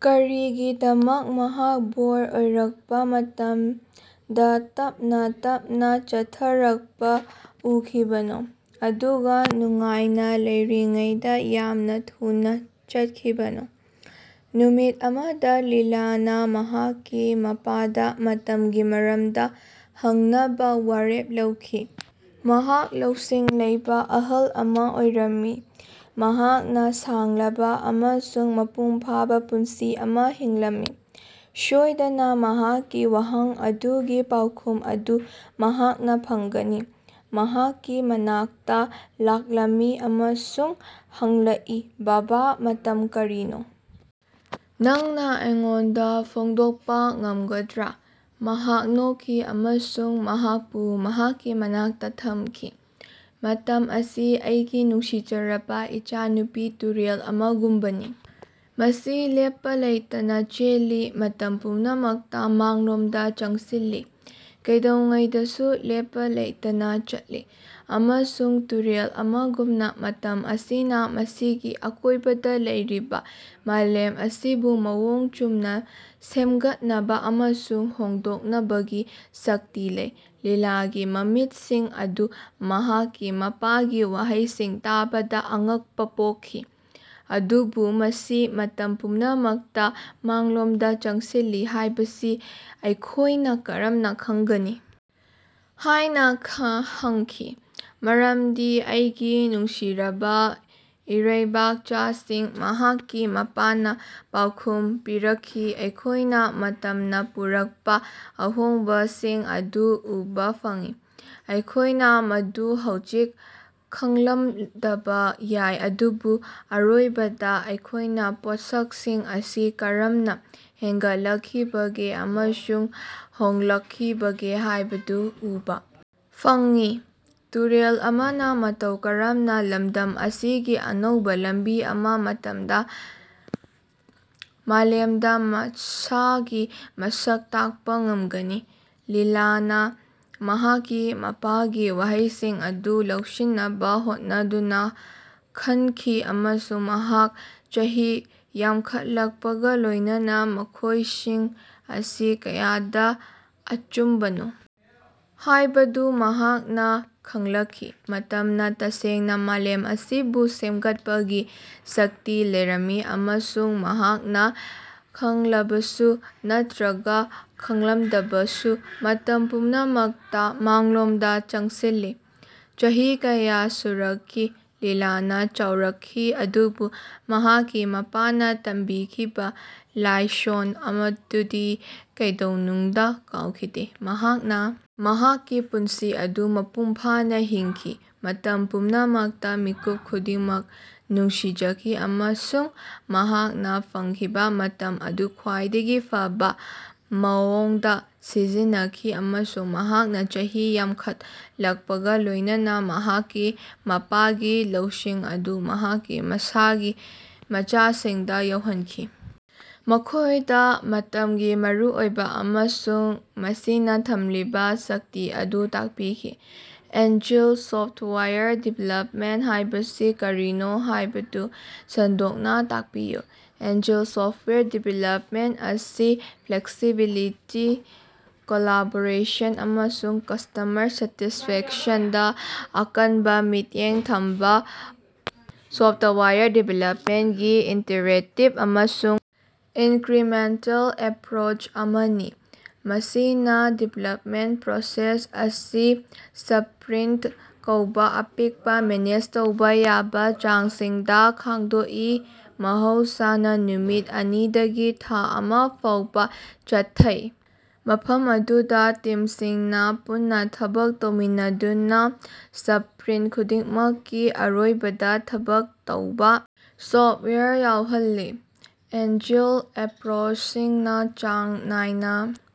ꯀꯔꯤꯒꯤꯗꯃꯛ ꯃꯍꯥꯛ ꯕꯣꯔ ꯑꯣꯏꯔꯛꯄ ꯃꯇꯝꯗ ꯇꯞꯅ ꯇꯞꯅ ꯆꯠꯊꯔꯛꯄ ꯎꯈꯤꯕꯅꯣ, ꯑꯗꯨꯒꯥ ꯅꯨꯡꯉꯥꯏꯅꯥ ꯂꯩꯔꯤꯉꯩꯗꯥ ꯌꯥꯝꯅꯥ ꯊꯨꯅꯥ ꯆꯠꯈꯤꯕꯅꯣ? ꯅꯨꯃꯤꯠ ꯑꯃꯗ ꯂꯤꯂꯥꯅ ꯃꯍꯥꯛꯀꯤ ꯃꯄꯥꯗ ꯃꯇꯝꯒꯤ ꯃꯔꯝꯗ ꯍꯪꯅꯕꯥ ꯋꯥꯔꯦꯞ ꯂꯧꯈꯤ꯫ ꯃꯍꯥꯛ ꯂꯧꯁꯤꯡ ꯂꯩꯕꯥ ꯑꯍꯜ ꯑꯃ ꯑꯣꯏꯔꯝꯃꯤ ꯃꯍꯥꯛꯅ ꯁꯥꯡꯂꯕ ꯑꯃꯁꯨꯡ ꯃꯄꯨꯡ ꯐꯥꯕ ꯄꯨꯟꯁꯤ ꯑꯃ ꯍꯤꯡꯂꯝꯃꯤ꯫ ꯁꯣꯢꯗꯅ ꯃꯍꯥꯛꯀꯤ ꯋꯥꯍꯪ ꯑꯗꯨꯒꯤ ꯄꯥꯎꯈꯨꯝ ꯑꯗꯨ ꯃꯍꯥꯛꯅ ꯐꯪꯒꯅꯤ꯫ ꯃꯍꯥꯛꯀꯤ ꯃꯅꯥꯛꯇ ꯂꯥꯛꯂꯝꯃꯤ ꯑꯃꯁꯨꯡ ꯍꯪꯂꯛꯏ ꯕꯥꯕꯥ ꯃꯇꯝ ꯀꯔꯤꯅꯣ? ꯅꯪꯅꯥ ꯑꯩꯉꯣꯟꯗꯥ ꯐꯣꯡꯗꯣꯛꯄ ꯉꯝꯒꯗ꯭ꯔꯥ? ꯃꯍꯥꯛ ꯅꯣꯛꯈꯤ ꯑꯃꯁꯨꯡ ꯃꯍꯥꯛꯄꯨ ꯃꯍꯥꯛꯀꯤ ꯃꯅꯥꯛꯇꯥ ꯊꯝꯈꯤ꯫ ꯃꯇꯝ ꯑꯁꯤ ꯑꯩꯒꯤ ꯅꯨꯡꯁꯤꯖꯔꯕ ꯏꯆꯥꯅꯨꯄꯤ ꯇꯨꯔꯦꯜ ꯑꯃꯒꯨꯝꯕꯅꯤ꯫ ꯃꯁꯤ ꯂꯦꯞꯄꯥ ꯂꯩꯇꯅꯥ ꯆꯦꯜꯂꯤ ꯃꯇꯝ ꯄꯨꯝꯅꯃꯛꯇꯥ ꯃꯥꯡꯂꯣꯝꯗꯥ ꯆꯪꯁꯤꯜꯂꯤ ꯀꯩꯗꯧꯉꯩꯗꯁꯨ ꯂꯦꯞꯄ ꯂꯩꯇꯅ ꯆꯠꯂꯤ꯫ ꯑꯃꯁꯨꯡ ꯇꯨꯔꯦꯜ ꯑꯃꯒꯨꯝꯅ ꯃꯇꯝ ꯑꯁꯤꯅ ꯃꯁꯤꯒꯤ ꯑꯀꯣꯢꯕꯗ ꯂꯩꯔꯤꯕꯥ ꯃꯥꯂꯦꯝ ꯑꯁꯤꯕꯨ ꯃꯑꯣꯡ ꯆꯨꯝꯅꯥ ꯁꯦꯝꯒꯠꯅꯕ ꯑꯃꯁꯨꯡ ꯍꯣꯡꯗꯣꯛꯅꯕꯒꯤ ꯁꯛꯇꯤ ꯂꯩ꯫ ꯂꯤꯂꯥꯒꯤ ꯃꯃꯤꯠꯁꯤꯡ ꯑꯗꯨ ꯃꯍꯥꯛꯀꯤ ꯃꯄꯥꯒꯤ ꯋꯥꯍꯩꯁꯤꯡ ꯇꯥꯕꯗꯥ ꯑꯉꯛꯄꯥ ꯄꯣꯛꯈꯤ꯫ ꯑꯗꯨꯕꯨ ꯃꯁꯤ ꯃꯇꯝ ꯄꯨꯝꯅꯃꯛꯇ ꯃꯥꯡꯂꯣꯝꯗ ꯆꯪꯁꯤꯜꯂꯤ ꯍꯥꯢꯕꯁꯤ ꯑꯩꯈꯣꯢꯅ ꯀꯔꯝꯅꯥ ꯈꯡꯒꯅꯤ? ꯍꯥꯢꯅ ꯍꯪꯈꯤ꯫ ꯃꯔꯃꯗꯤ ꯑꯩꯒꯤ ꯅꯨꯡꯁꯤꯔꯕꯥ ꯏꯔꯩꯕꯥꯛꯆꯥꯁꯤꯡ ꯃꯍꯥꯛꯀꯤ ꯃꯄꯥꯅ ꯄꯥꯎꯈꯨꯝ ꯄꯤꯔꯛꯈꯤ ꯑꯩꯈꯣꯢꯅ ꯃꯇꯝꯅ ꯄꯨꯔꯛꯄ ꯑꯍꯣꯡꯕꯁꯤꯡ ꯑꯗꯨ ꯎꯕꯥ ꯐꯪꯏ꯫ ꯑꯩꯈꯣꯢꯅ ꯃꯗꯨ ꯍꯧꯖꯤꯛ ꯈꯡꯂꯝꯗꯕ ꯌꯥꯏ ꯑꯗꯨꯕꯨ ꯑꯔꯣꯏꯕꯗ ꯑꯩꯈꯣꯢꯅ ꯄꯣꯠꯁꯛꯁꯤꯡ ꯑꯁꯤ ꯀꯔꯝꯅ ꯍꯦꯟꯒꯠꯂꯛꯈꯤꯕꯒꯦ ꯑꯃꯁꯨꯡ ꯍꯣꯡꯂꯛꯈꯤꯕꯒꯦ ꯍꯥꯢꯕꯗꯨ ꯎꯕꯥ ꯐꯪꯏ꯫ ꯇꯨꯔꯦꯜ ꯑꯃꯅ ꯃꯇꯧ ꯀꯔꯝꯅ ꯂꯝꯗꯝ ꯑꯁꯤꯒꯤ ꯑꯅꯧꯕ ꯂꯝꯕꯤ ꯑꯃ ꯃꯇꯝꯅ ꯃꯥꯂꯦꯝꯗ ꯃꯁꯥꯒꯤ ꯃꯁꯛ ꯇꯥꯛꯄ ꯉꯝꯒꯅꯤ꯫ ꯂꯤꯂꯥꯅ ꯃꯍꯥꯛꯀꯤ ꯃꯄꯥꯒꯤ ꯋꯥꯍꯩꯁꯤꯡ ꯑꯗꯨ ꯂꯧꯁꯤꯟꯅꯕ ꯍꯣꯠꯅꯗꯨꯅ ꯈꯟꯈꯤ ꯑꯃꯁꯨꯡ ꯃꯍꯥꯛ ꯆꯍꯤ ꯌꯥꯝꯈꯠꯂꯛꯄꯒ ꯂꯣꯢꯅꯅꯥ ꯃꯈꯣꯢꯁꯤꯡ ꯑꯁꯤ ꯀꯌꯥꯗ ꯑꯆꯨꯝꯕꯅꯣ ꯍꯥꯢꯕꯗꯨ ꯃꯍꯥꯛꯅ ꯈꯡꯂꯛꯈꯤ꯫ ꯃꯇꯝꯅ ꯇꯁꯦꯡꯅ ꯃꯥꯂꯦꯝ ꯑꯁꯤꯕꯨ ꯁꯦꯝꯒꯠꯄꯒꯤ ꯁꯛꯇꯤ ꯂꯩꯔꯝꯃꯤ ꯑꯃꯁꯨꯡ ꯃꯍꯥꯛꯅ ꯈꯡꯂꯕꯁꯨ ꯅꯠꯇ꯭ꯔꯒ ꯈꯡꯂꯝꯗꯕꯁꯨ ꯃꯇꯝ ꯄꯨꯝꯅꯃꯛꯇ ꯃꯥꯡꯂꯣꯝꯗ ꯆꯪꯁꯤꯜꯂꯤ꯫ ꯆꯍꯤ ꯀꯌꯥ ꯁꯨꯔꯛꯈꯤ ꯂꯤꯂꯥꯅ ꯆꯥꯎꯔꯛꯈꯤ ꯑꯗꯨꯕꯨ ꯃꯍꯥꯛꯀꯤ ꯃꯄꯥꯅ ꯇꯝꯕꯤꯈꯤꯕ ꯂꯥꯏꯁꯣꯟ ꯑꯗꯨꯗꯤ ꯀꯩꯗꯧꯅꯨꯡꯗ ꯀꯥꯎꯈꯤꯗꯦ꯫ ꯃꯍꯥꯛꯅ ꯃꯍꯥꯛꯀꯤ ꯄꯨꯟꯁꯤ ꯑꯗꯨ ꯃꯄꯨꯡ ꯐꯥꯅ ꯍꯤꯡꯈꯤ ꯃꯇꯝ ꯄꯨꯝꯅꯃꯛꯇ ꯃꯤꯀꯨꯞ ꯈꯨꯗꯤꯡꯃꯛ ꯅꯨꯡꯁꯤꯖꯈꯤ ꯑꯃꯁꯨꯡ ꯃꯍꯥꯛꯅ ꯐꯪꯈꯤꯕ ꯃꯇꯝ ꯑꯗꯨ ꯈ꯭ꯋꯥꯏꯗꯒꯤ ꯐꯕꯥ ꯃꯑꯣꯡꯗ ꯁꯤꯖꯤꯟꯅꯈꯤ ꯑꯃꯁꯨꯡ ꯃꯍꯥꯛꯅ ꯆꯍꯤ ꯌꯥꯝꯈꯠꯂꯛꯄꯒ ꯂꯣꯢꯅꯅꯥ ꯃꯍꯥꯛꯀꯤ ꯃꯄꯥꯒꯤ ꯂꯧꯁꯤꯡ ꯑꯗꯨ ꯃꯍꯥꯛꯀꯤ ꯃꯁꯥꯒꯤ ꯃꯆꯥꯁꯤꯡꯗ ꯌꯧꯍꯟꯈꯤ ꯃꯈꯣꯢꯗ ꯃꯇꯝꯒꯤ ꯃꯔꯨꯑꯣꯏꯕ ꯑꯃꯁꯨꯡ ꯃꯁꯤꯅ ꯊꯝꯂꯤꯕ ꯁꯛꯇꯤ ꯑꯗꯨ ꯇꯥꯛꯄꯤꯈꯤ꯫ ꯑꯦꯖꯤꯜ ꯁꯣꯐꯇꯋꯥꯌꯔ ꯗꯤꯚꯦꯂꯞꯃꯦꯟꯇ ꯍꯥꯢꯕꯁꯤ ꯀꯔꯤꯅꯣ ꯍꯥꯢꯕꯗꯨ ꯁꯟꯗꯣꯛꯅ ꯇꯥꯛꯄꯤꯌꯨ꯫ ꯑꯦꯖꯤꯜ ꯁꯣꯐꯇꯋꯥꯌꯔ ꯗꯤꯚꯦꯂꯞꯃꯦꯟꯇ ꯑꯁꯤ ꯐ꯭ꯂꯦꯛꯁꯤꯕꯤꯂꯤꯇꯤ, ꯀꯣꯂꯥꯕꯣꯔꯦꯁꯟ, ꯑꯃꯁꯨꯡ ꯀꯁꯇꯃꯔ ꯁꯦꯇꯤꯁꯐꯦꯛꯁꯟꯗꯥ ꯑꯀꯟꯕ ꯃꯤꯠꯌꯦꯡ ꯊꯝꯕ ꯁꯣꯐꯇꯋꯥꯌꯔ ꯗꯤꯚꯦꯂꯄꯃꯦꯟꯇꯒꯤ ꯏꯇꯤꯔꯦꯇꯤꯚ ꯑꯃꯁꯨꯡ ꯏꯟꯀ꯭ꯔꯤꯃꯦꯟꯇꯦꯜ ꯑꯦꯄ꯭ꯔꯣꯆ ꯑꯃꯅꯤ꯫ ꯃꯁꯤꯅꯥ ꯗꯤꯕꯦꯂꯞꯃꯦꯟꯇ ꯄ꯭ꯔꯣꯁꯦꯁ ꯑꯁꯤ ꯁꯄ꯭ꯔꯤꯟꯇ ꯀꯧꯕꯥ ꯑꯄꯤꯛꯄ ꯃꯦꯅꯦꯖ ꯇꯧꯕꯥ ꯌꯥꯕ ꯆꯥꯡꯁꯤꯡꯗꯥ ꯈꯥꯛꯗꯣꯛꯏ ꯃꯍꯧꯁꯥꯅ ꯅꯨꯃꯤꯠ ꯑꯅꯤꯗꯒꯤ ꯊꯥ ꯑꯃꯥ ꯐꯥꯎꯕꯥ ꯆꯠꯊꯩ ꯃꯐꯝ ꯑꯗꯨꯗꯥ ꯇꯤꯝꯁꯤꯡꯅꯥ ꯄꯨꯟꯅꯥ ꯊꯕꯛ ꯇꯧꯃꯤꯟꯅꯗꯨꯅꯥ ꯁꯄ꯭ꯔꯤꯟꯇ ꯈꯨꯗꯤꯡꯃꯛꯀꯤ ꯑꯔꯣꯏꯕꯗ ꯊꯕꯛ ꯇꯧꯕꯥ ꯁꯣꯐꯋꯦꯌꯔ ꯌꯧꯍꯜꯂꯤ꯫ ꯑꯦꯖꯤꯜ ꯑꯦꯄ꯭ꯔꯣꯆꯁꯤꯡꯅ ꯆꯥꯡ ꯅꯥꯏꯅ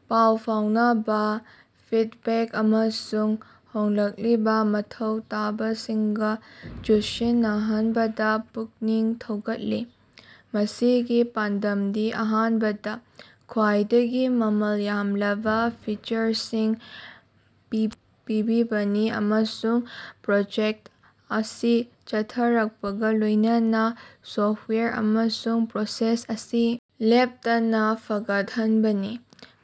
ꯄꯥꯎ ꯐꯥꯎꯅꯕ, ꯐꯤꯗꯕꯦꯛ ꯑꯃꯁꯨꯡ ꯍꯣꯡꯂꯛꯂꯤꯕ ꯃꯊꯧ ꯇꯥꯕꯁꯤꯡꯒ ꯆꯨꯁꯤꯟꯅꯍꯟꯕꯗ ꯄꯨꯛꯅꯤꯡ ꯊꯧꯒꯠꯂꯤ꯫ ꯃꯁꯤꯒꯤ ꯄꯥꯟꯗꯝꯗꯤ ꯑꯍꯥꯟꯕꯗ ꯈ꯭ꯋꯥꯏꯗꯒꯤ ꯃꯃꯜ ꯌꯥꯝꯂꯕ ꯐꯤꯆꯔꯁꯤꯡ ꯄꯤꯕꯅꯤ ꯑꯃꯁꯨꯡ ꯄ꯭ꯔꯣꯖꯦꯛꯇ ꯑꯁꯤ ꯆꯠꯊꯔꯛꯄꯒ ꯂꯣꯢꯅꯅ ꯁꯣꯐꯋꯦꯌꯔ ꯑꯃꯁꯨꯡ ꯄ꯭ꯔꯣꯁꯦꯁ ꯑꯁꯤ ꯂꯦꯞꯇꯅ ꯐꯒꯠꯍꯟꯕꯅꯤ꯫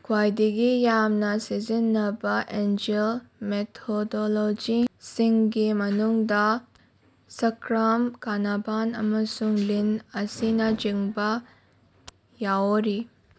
ꯈ꯭ꯋꯥꯏꯗꯒꯤ ꯌꯥꯝꯅ ꯁꯤꯖꯤꯟꯅꯕ ꯑꯦꯖꯤꯜ ꯃꯦꯊꯣꯗꯣꯂꯣꯖꯤꯁꯤꯡꯒꯤ ꯃꯅꯨꯡꯗꯥ ꯁꯀ꯭ꯔꯥꯝ, ꯀꯥꯅꯕꯟ, ꯑꯃꯁꯨꯡ ꯂꯤꯟ ꯑꯁꯤꯅꯆꯤꯡꯕꯥ ꯌꯥꯑꯣꯔꯤ꯫